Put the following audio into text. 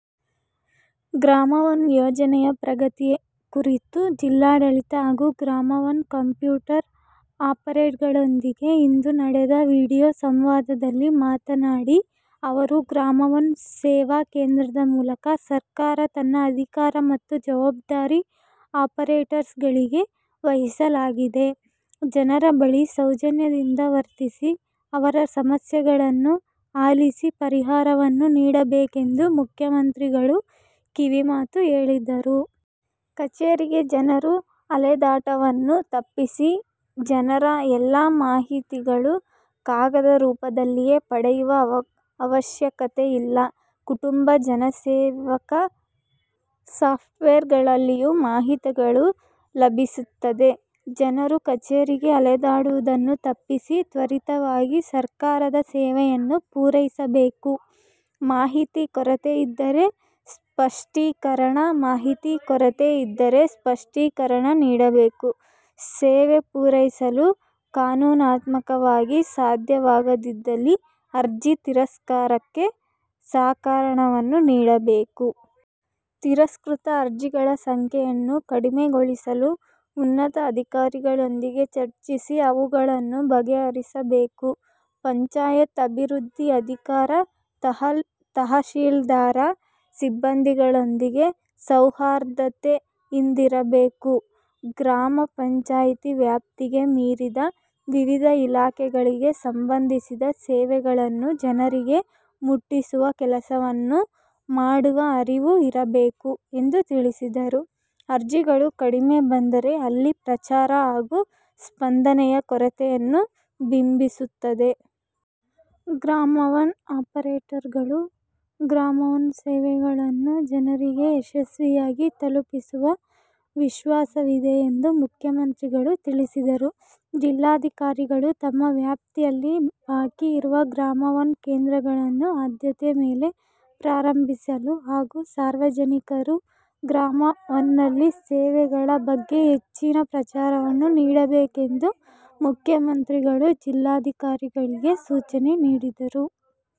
ಗ್ರಾಮ ಒನ್ ಯೋಜನೆಯ ಪ್ರಗತಿ ಕುರಿತು ಜಿಲ್ಲಾಡಳಿತ ಹಾಗೂ ಗ್ರಾಮ ಒನ್ ಕಂಪ್ಯೂಟರ್ ಆಪರೇಟರ್ಗಳೊಂದಿಗೆ ಇಂದು ನಡೆದ ವಿಡಿಯೋ ಸಂವಾದದಲ್ಲಿ ಮಾತನಾಡಿ ಅವರು, ಗ್ರಾಮ ಒನ್ ಸೇವಾ ಕೇಂದ್ರದ ಮೂಲಕ ಸರ್ಕಾರ ತನ್ನ ಅಧಿಕಾರ ಮತ್ತು ಜವಾಬ್ದಾರಿ ಆಪರೇಟರ್ಸ್ಗಳಿಗೆ ವಹಿಸಲಾಗಿದೆ. ಜನರ ಬಳಿ ಸೌಜನ್ಯದಿಂದ ವರ್ತಿಸಿ, ಅವರ ಸಮಸ್ಯೆಗಳನ್ನು ಆಲಿಸಿ, ಪರಿಹಾರವನ್ನು ನೀಡಬೇಕೆಂದು ಮುಖ್ಯಮಂತ್ರಿಗಳು ಕಿವಿಮಾತು ಹೇಳಿದರು. ಕಚೇರಿಗೆ ಜನರ ಅಲೆದಾಟವನ್ನು ತಪ್ಪಿಸಿ ಜನರ ಎಲ್ಲ ಮಾಹಿತಿಗಳು ಕಾಗದರೂಪದಲ್ಲಿಯೇ ಪಡೆಯುವ ಅವಶ್ಯಕತೆಯಿಲ್ಲ. 'ಕುಟುಂಬ' ಜನಸೇವಕ ಸಾಫ್ಟ್ವೇರ್ಗಲ್ಲಿಯೂ ಮಾಹಿತಿಗಳು ಲಭಿಸುತ್ತದೆ. ಜನರು ಕಚೇರಿಗೆ ಅಲೆದಾಡುವುದನ್ನು ತಪ್ಪಿಸಿ ತ್ವರಿತವಾಗಿ ಸರ್ಕಾರದ ಸೇವೆಯನ್ನು ಪೂರೈಸಬೇಕು. ಮಾಹಿತಿ ಕೊರತೆ ಇದ್ದರೆ ಸ್ಪಷ್ಟೀಕರಣ ನೀಡಬೇಕು. ಸೇವೆ ಪೂರೈಸಲು ಕಾನೂನಾತ್ಮಕವಾಗಿ ಸಾಧ್ಯವಾಗದಿದ್ದಲ್ಲಿ ಅರ್ಜಿಯ ತಿರಸ್ಕಾರಕ್ಕೆ ಸಕಾರಣವನ್ನು ನೀಡಬೇಕು. ತಿರಸ್ಕೃತ ಅರ್ಜಿಗಳ ಸಂಖ್ಯೆಯನ್ನು ಕಡಿಮೆಗೊಳಿಸಲು ಉನ್ನತ ಅಧಿಕಾರಿಗಳೊಂದಿಗೆ ಚರ್ಚಿಸಿ ಅವುಗಳನ್ನು ಬಗೆಹರಿಸಬೇಕು. ಪಂಚಾಯತ್ ಅಭಿವೃದ್ಧಿ ಅಧಿಕಾರಿ, ತಹಶೀಲ್ದಾರ್ ಸಿಬ್ಬಂದಿಗಳೊಂದಿಗೆ ಸೌಹಾರ್ದತೆಯಿಂದಿರಬೇಕು. ಗ್ರಾಮ ಪಂಚಾಯತಿ ವ್ಯಾಪ್ತಿಗೆ ಮೀರಿದ ವಿವಿಧ ಇಲಾಖೆಗಳಿಗೆ ಸಂಬಂಧಿಸಿದ ಸೇವೆಗಳನ್ನು ಜನರಿಗೆ ಮುಟ್ಟಿಸುವ ಕೆಲಸವನ್ನು ಮಾಡುವ ಅರಿವು ಇರಬೇಕು ಎಂದು ತಿಳಿಸಿದರು. ಅರ್ಜಿಗಳು ಕಡಿಮೆ ಬಂದರೆ, ಅಲ್ಲಿ ಪ್ರಚಾರ ಹಾಗೂ ಸ್ಪಂದನೆಯ ಕೊರತೆಯನ್ನು ಬಿಂಬಿಸುತ್ತದೆ. ಗ್ರಾಮ ಒನ್ ಆಪರೇಟರ್ಗಳು ಗ್ರಾಮ ಒನ್ ಸೇವೆಗಳನ್ನು ಜನರಿಗೆ ಯಶಸ್ವಿಯಾಗಿ ತಲುಪಿಸುವ ವಿಶ್ವಾಸವಿದೆ ಎಂದು ಮುಖ್ಯಮಂತ್ರಿಗಳು ತಿಳಿಸಿದರು. ಜಿಲ್ಲಾಧಿಕಾರಿಗಳು ತಮ್ಮ ವ್ಯಾಪ್ತಿಯಲ್ಲಿ ಬಾಕಿ ಇರುವ ಗ್ರಾಮ ಒನ್ ಕೇಂದ್ರಗಳನ್ನು ಆದ್ಯತೆ ಮೇಲೆ ಪ್ರಾರಂಭಿಸಲು ಹಾಗೂ ಸಾರ್ವಜನಿಕರು ಗ್ರಾಮ ಒನ್ನಲ್ಲಿ ಸೇವೆಗಳ ಬಗ್ಗೆ ಹೆಚ್ಚಿನ ಪ್ರಚಾರವನ್ನು ನೀಡಬೇಕೆಂದು ಮುಖ್ಯಮಂತ್ರಿಗಳು ಜಿಲ್ಲಾಧಿಕಾರಿಗಳಿಗೆ ಸೂಚನೆ ನೀಡಿದರು.